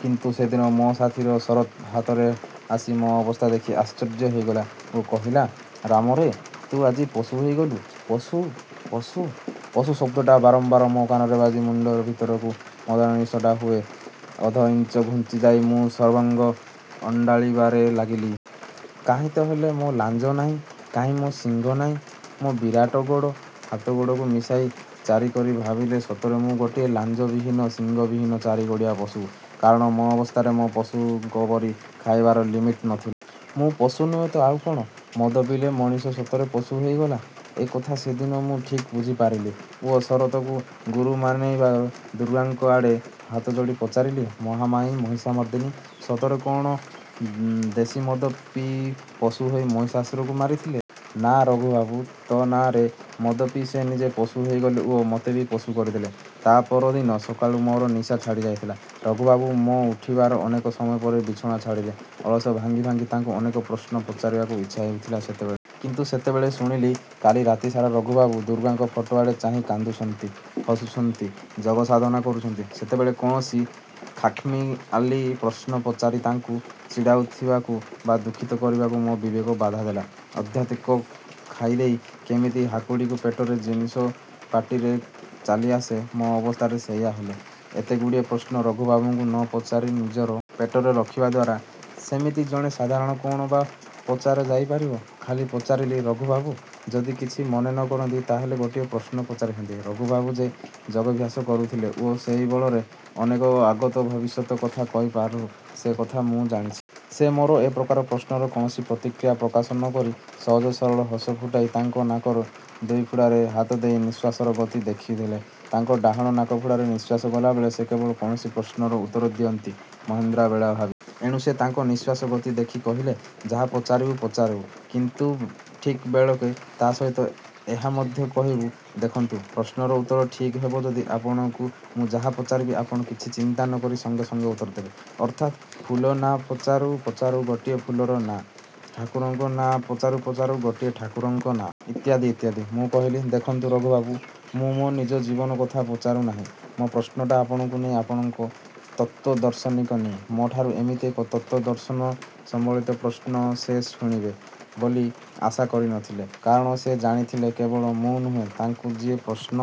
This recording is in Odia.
କିନ୍ତୁ ସେଦିନ ମୋ' ସାଥୀ ଶରତ୍ ହଠାତ୍ ଆସି ମୋର ଅବସ୍ଥା ଦେଖି ଆଶର୍ଯ୍ୟ ହୋଇଥିଲା ଓ କହିଲା–ରାମରେ ତୁ ଆଜି ପଶୁ ହୋଇଗଲୁ। ପଶୁ... ପଶୁ...। ପଶୁ ଶବ୍ଦଟା ବାରମ୍ବାର ମୋ' କାନରେ ବାଜି ମୁଣ୍ଡ ଭିତରୁ ମଦ ନିଶାଟା ହୁଏତ ଅଧଇଞ୍ଚେ ଘୁଞ୍ଚି ଯାଇଥିଲା ଓ ମୁଁ ସର୍ବାଙ୍ଗ ଅଣ୍ଡାଳିବାରେ ଲାଗିଲି। କାହିଁ ତା'ହେଲେ ମୋ' ଲାଞ୍ଜ, କାହିଁ ମୋ' ଶିଙ୍ଗ, କାହିଁ ମୋ' ଚାରିଟା ଗୋଡ଼? ହାତଗୋଡ଼କୁ ମିଶାଇ ଚାରି କରି ଭାବିଲି ସତରେ ମୁଁ ଗୋଟିଏ ଲାଞ୍ଜ ବିହୀନ, ଶିଙ୍ଗ ବିହୀନ ଚରିଗୋଡ଼ିଆ ପଶୁ। କାରଣ ସେ ଅବସ୍ଥାରେ ମୋର ପଶୁଙ୍କ ପରି ଖାଇବାର ଲିମିଟ୍ ନଥିଲା। ମୁଁ ପଶୁ ନୁହେଁ ତ ଆଉ କ'ଣ? ମଦ ପିଇଲେ ମଣିଷ ସତରେ ପଶୁ ହୋଇଯାଏ ଏ କଥା ସେଇଦିନ ମୁଁ ଠିକ୍ ବୁଝିପାରିଥିଲି ଓ ଶରତକୁ ଗୁରୁମାନିନେଇ ଦୁର୍ଗାଙ୍କ ଆଡ଼େ ହାତଯୋଡ଼ି ପଚାରିଥିଲି–ମହାମାୟା ମହିଷମର୍ଦ୍ଧିନୀ। ସତରେ ତୁ କ'ଣ ଦେଶୀମଦ ପିଇ ପଶୁ ହୋଇ ମହିଷାସୁରକୁ ମରିଥିଲୁ? ନା ରଘୁବାବୁ ତୋ' ନାଆଁରେ ମଦ ପିଇ ସେ ନିଜେ ପଶୁ ହୋଇଗଲେ ଓ ମୋତେ ବି ପଶୁ କରିଦେଲେ। ତା' ପରଦିନ ସକାଳୁ ମୋର ନିଶା ଛାଡ଼ିଯାଇଥିଲା। ରଘୁବାବୁ ମୋ' ଉଠିବାର ଅନେକ ସମୟ ପରେ ବିଛଣା ଛାଡ଼ିଲେ ଅଳସ ଭାଙ୍ଗି ଭାଙ୍ଗି। ତାଙ୍କୁ ଅନେକ ପ୍ରଶ୍ନ ପଚାରିବାକୁ ଇଚ୍ଛା ହେଉଥିଲା ସେତେବେଳେ। କିନ୍ତୁ ଯେତେବେଳେ ଶୁଣିଲି କାଲି ରାତିସାରା ରଘୁବାବୁ ଦୁର୍ଗାଙ୍କ ଫଟୋଆଡ଼େ ଚାହିଁ କାନ୍ଦିଛନ୍ତି, ହସିଛନ୍ତି, ଯୋଗସାଧନ କରିଛନ୍ତି, ସେତେବେଳେ କୌଣସି ଖାମ୍ଖିଆଲି ପ୍ରଶ୍ନ ପଚାରି ତାଙ୍କୁ ଚିଡ଼ାଇବାକୁ ବା ଦୁଃଖିତ କରିବାକୁ ମୋ' ବିବେକ ବାଧା ଦେଲା। ଅତ୍ୟଧିକ ଖାଇଦେଲେ କେମିତି ହାକୁଟିରେ ପେଟର ଜିନିଷ ପାଟିକୁ ଚାଲିଆସେ ମୋ' ଅବସ୍ଥା ସେଇଆ ହେଲା; ଏତେଗୁଡ଼ିଏ ପ୍ରଶ୍ନ ରଘୁବାବୁଙ୍କୁ ନ ପଚାରି ନିଜର। ପେଟରେ ରଖିବା ଦ୍ଵାରା। ସେମିତି ଜଣେ ସାଧକଙ୍କୁ କ'ଣ ବା ପଚରା ଯାଇପାରେ? ଖାଲି ପଚାରିଲି–ରଘୁବାବୁ, ଯଦି କିଛି ମନେ ନ କରନ୍ତି ତା'ହେଲେ ଗୋଟିଏ ପ୍ରଶ୍ନ ପଚାରନ୍ତି। ରଘୁବାବୁ ଯେ ଯୋଗାଭ୍ୟାସ କରୁଥିଲେ ଓ ସେହିବଳରେ ଅନେକ ଆଗତ ଭବିଷ୍ୟତ କଥା କରିପାରୁଥିଲେ ସେ କଥା ମୁଁ ଜାଣିଛି। ସେ ମୋର ଏ ପ୍ରକାର ପ୍ରଶ୍ନରେ କୌଣସି ପ୍ରତିକ୍ରିୟା ପ୍ରକାଶ ନ କରି ସହଜ ସରଳ ହସ ଫୁଟାଇ ତାଙ୍କ ନାକର ଦୁଇପୁଡ଼ାରେ ହାତଦେଇ ନିଶ୍ୱାସର ଗତି ଦେଖୁଥିଲେ। ତାଙ୍କ ଡାହାଣ ନାକପୁଡ଼ାରେ ନିଃଶ୍ୱାସ ଗଲାବେଳେ ସେ କେବଳ କୌଣସି ପ୍ରଶ୍ନର ଉତ୍ତର ଦିଅନ୍ତି ମାହେନ୍ଦ୍ରବେଳା ଭାବି। ଏଣୁ ସେ ତାଙ୍କ ନିଃଶ୍ୱାସ ଗତି ଦେଖି କହିଲେ–ଯାହା ପଚାରିବେ ପଚାରନ୍ତୁ ଠିକ୍ ବେଳାଏ। ତା'ସହିତ ଏହା ମଧ୍ୟ କହିଲେ–ଦେଖନ୍ତୁ, ପ୍ରଶ୍ନର ଉତ୍ତର ଠିକ୍ ହେବ ଯଦି ଆପଣଙ୍କୁ ମୁଁ ଯାହା ପଚାରିବି ଆପଣ କିଛି ଚିନ୍ତା ନକରି ସଙ୍ଗେ ସଙ୍ଗେ ଉତ୍ତର ଦେବେ; ଅର୍ଥାତ୍ ଫୁଲ ନାଆଁ ପଚାରୁ ପଚାରୁ ଗୋଟିଏ ଫୁଲର ନାଆଁ, ଠାକୁରଙ୍କ ନାଆଁ ପଚାରୁ ପଚାରୁ ଗୋଟିଏ ଠାକୁରଙ୍କ ନାଆଁ... ଇତ୍ୟାଦି ଇତ୍ୟାଦି। ମୁଁ କହିଲି–ଦେଖନ୍ତୁ ରଘୁବାବୁ! ମୁଁ ମୋ' ନିଜ କଥା କିଛି ପଚାରୁ ନାହିଁ। ମୋ' ପ୍ରଶ୍ନଟା ଆପଣଙ୍କୁ ନେଇ ଆପଣଙ୍କ ତତ୍ତ୍ଵ ଦର୍ଶନକୁ ନେଇ। ମୋ'ଠାରୁ ଏମିତି ଏକ ତତ୍ତ୍ଵଦର୍ଶନ ସମ୍ବଳିତ ପ୍ରଶ୍ନ ସେ ଶୁଣିବେ ବୋଲି କେବେ ଆଶା କରିନଥିଲେ, କାରଣ ସେ ଜାଣିଥିଲେ କେବଳ ମୁଁ ନୁହେଁ ତାଙ୍କୁ ଯିଏ ପ୍ରଶ୍ନ